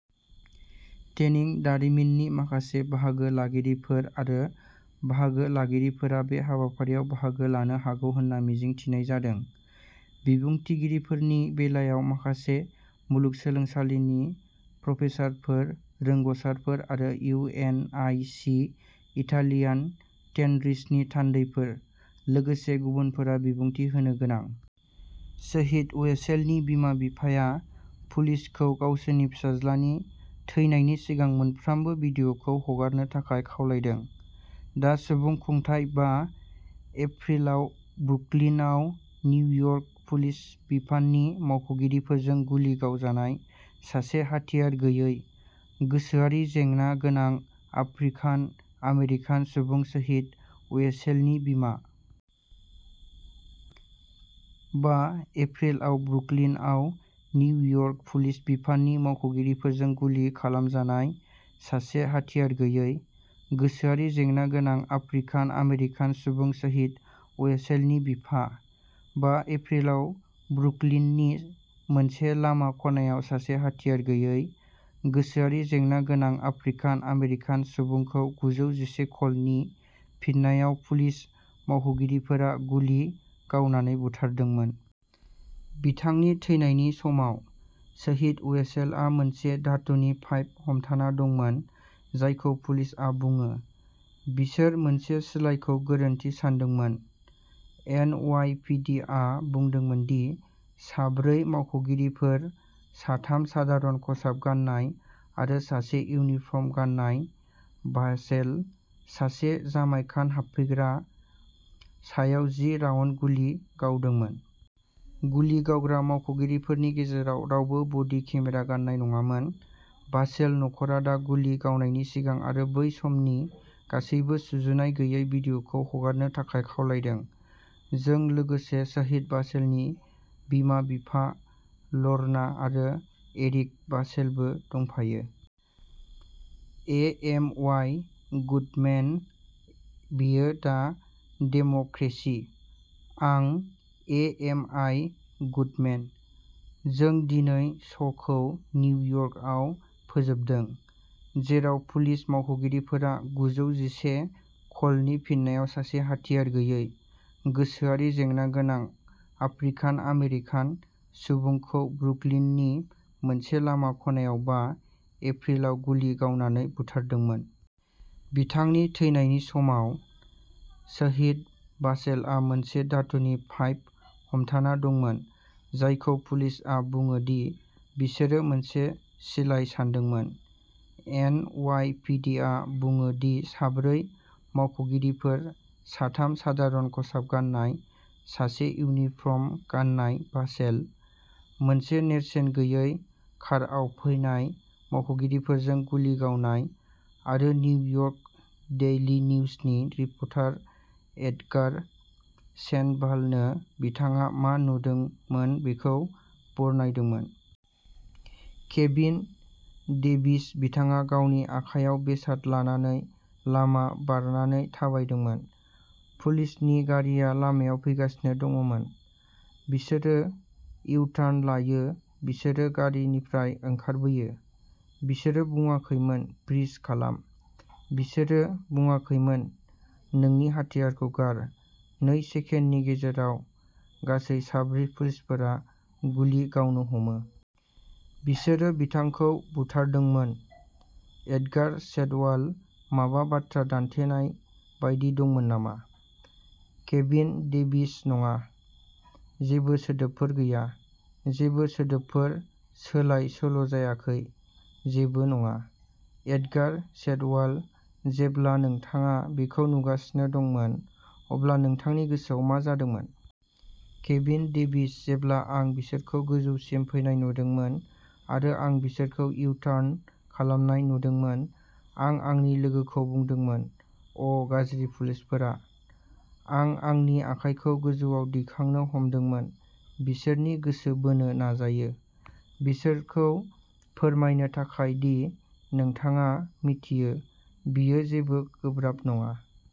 टेनिं दारिमिननि माखासे बाहागो लागिरिफोर आरो बाहागो लागिरिफोरा बे हाबाफारियाव बाहागो लानो हागौ होनना मिजिं थिनाय जादों। बिबुंथिगिरिफोरनि बेलायाव, माखासे मुलुगसोलोंसालिनि प्रफेसारफोर, रोंग'साफोर आरो इउ. एन. आइ. सि.-इटालियान टेनरिसनि थान्दैफोर, लोगोसे गुबुनफोरा बिबुंथि होनो गोनां। शहीद अवेसेलनि बिमा-बिफाया पुलिसखौ गावसोरनि फिसाज्लानि थैनायनि सिगां मोनफ्रोमबो भिडिअखौ हगारनो थाखाय खावलायदों। दा सुबुंखुंथाइ बा एप्रिलाव ब्रुकलिनआव निउयर्क पुलिस बिफाननि मावख'गिरिफोरजों गुलि गावजानाय सासे हाथियार गैयै, गोसोआरि जेंना गोनां आफ्रिकान-आमेरिकान सुबुं शहीद अवेसेलनि बिमा। बा एप्रिलाव ब्रुकलिनआव निउयर्क पुलिस बिफाननि मावख'गिरिफोरजों गुलि खालामजानाय सासे हाथियार गैयै, गोसोआरि जेंना गोनां आफ्रिकान-आमेरिकान सुबुं शहीद अवेसेलनि बिफा। बा एप्रिलाव ब्रुकलिननि मोनसे लामा खनायाव सासे हाथियार गैयै, गोसोआरि जेंना गोनां आफ्रिकान-आमेरिकान सुबुंखौ गुजौ जिसे कलनि फिननायाव पुलिस मावख'गिरिफोरा गुलि गावनानै बुथारदोंमोन। बिथांनि थैनायनि समाव, शहीद अवेसेलआ मोनसे धातुनि पाइप हमथाना दंमोन जायखौ पुलिसआ बुङो। बिसोर मोनसे सिलाइखौ गोरोन्थि सानदोंमोन। एन. अवाइ. पि. दि. आ बुंदोंमोन दि साब्रै मावख'गिरिफोर-साथाम सादारन खसाब गान्नाय आरो सासे इउनिफर्म गाननाय-भासेल, सासे जामाइकान हाबफैग्रा, सायाव जि राउन्ड गुलि गावदोंमोन। गुलि गावग्रा मावख'गिरिफोरनि गेजेराव रावबो बडि केमेरा गाननाय नङामोन। भासेल नखरा दा गुलि गावनायनि सिगां आरो बै समनि गासैबो सुजुनाय गैयै भिडिअखौ हगारनो थाखाय खावलायदों। जों लोगोसे सहिद भासेलनि बिमा-बिफा, ल'रना आरो एरिक भासेलबो दंफायो। ए. एम. अवाइ. गुडमेन बेयो दा डेम'क्रेसि आं ए. एम. आइ. गुडमेन। जों दिनैनि श'खौ निउयर्कआव फोजोबदों, जेराव पुलिस मावख'गिरिफोरा गुजौ जिसे कलनि फिननायाव सासे हाथियार गैयै, गोसोआरि जेंना गोनां आफ्रिकान-आमेरिकान सुबुंखौ ब्रुकलिननि मोनसे लामा खनायाव बा एप्रिलाव गुलि गावनानै बुथारदोंमोन। बिथांनि थैनायनि समाव, सहिद भासेलआ मोनसे धातुनि पाइप हमथाना दंमोन जायखौ पुलिसआ बुङो दि बिसोरो मोनसे सिलाइ सानदोंमोन। एन. अवाइ. पि. दि. आ बुङो दि साब्रै मावख'गिरिफोर-साथाम सादारन खसाब गान्नाय, सासे इउनिफर्म गाननाय-भासेल, मोनसे नेरसोन गैयै कारआव फैनाय मावख'गिरिफोरजों गुलि गावनाय, आरो निउयर्क डेइलि निउजनि रिपर्टार एडगार सेन्ड'भालनो बिथाङा मा नुदोंमोन बेखौ बरनायदोंमोन। केभिन डेभिस बिथाङा गावनि आखायाव बेसाद लानानै लामा बारनानै थाबायदोंमोन। पुलिसनि गारिआ लामायाव फैगासिनो दंमोन। बिसोरो इउ-टार्न लायो बिसोरो गारिनिफ्राय ओंखारबोयो। बिसोरो बुङाखैमोन, "फ्रिज खालाम।" बिसोरो बुङाखैमोन, "नोंनि हाथियारखौ गार।" नै सेकेन्डनि गेजेराव, गासै साब्रै पुलिसफोरा गुलि गावनो हमो। बिसोरो बिथांखौ बुथारदोंमोन। एडगार सेन्ड'वाल माबा बाथ्रा दान्थेलायनाय बायदि दंमोन नामा? केभिन डेभिस नङा, जेबो सोदोबफोर गैया। जेबो सोदोबफोर सोलाय-सोल'जायाखै। जेबो नङा। एडगार सेन्ड'वाल जेब्ला नोंथाङा बेखौ नुगासिनो दंमोन, अब्ला नोंथांनि गोसोआव मा जादोंमोन? केभिन डेभिस जेब्ला आं बिसोरखौ गोजौसिम फैनाय नुदोंमोन आरो आं बिसोरखौ इउ-टार्न खालामनाय नुदोंमोन, आं आंनि लोगोखौ बुंदोंमोन, "अ, गाज्रि पुलिसफोरा" आं आंनि आखाइखौ गोजौआव दिखांनो हमदोंमोन, बिसोरनि गोसो बोनो नाजायो, बिसोरखौ फोरमायनो थाखाय दि, नोंथाङा मिथियो, बेयो जेबो गोब्राब नङा।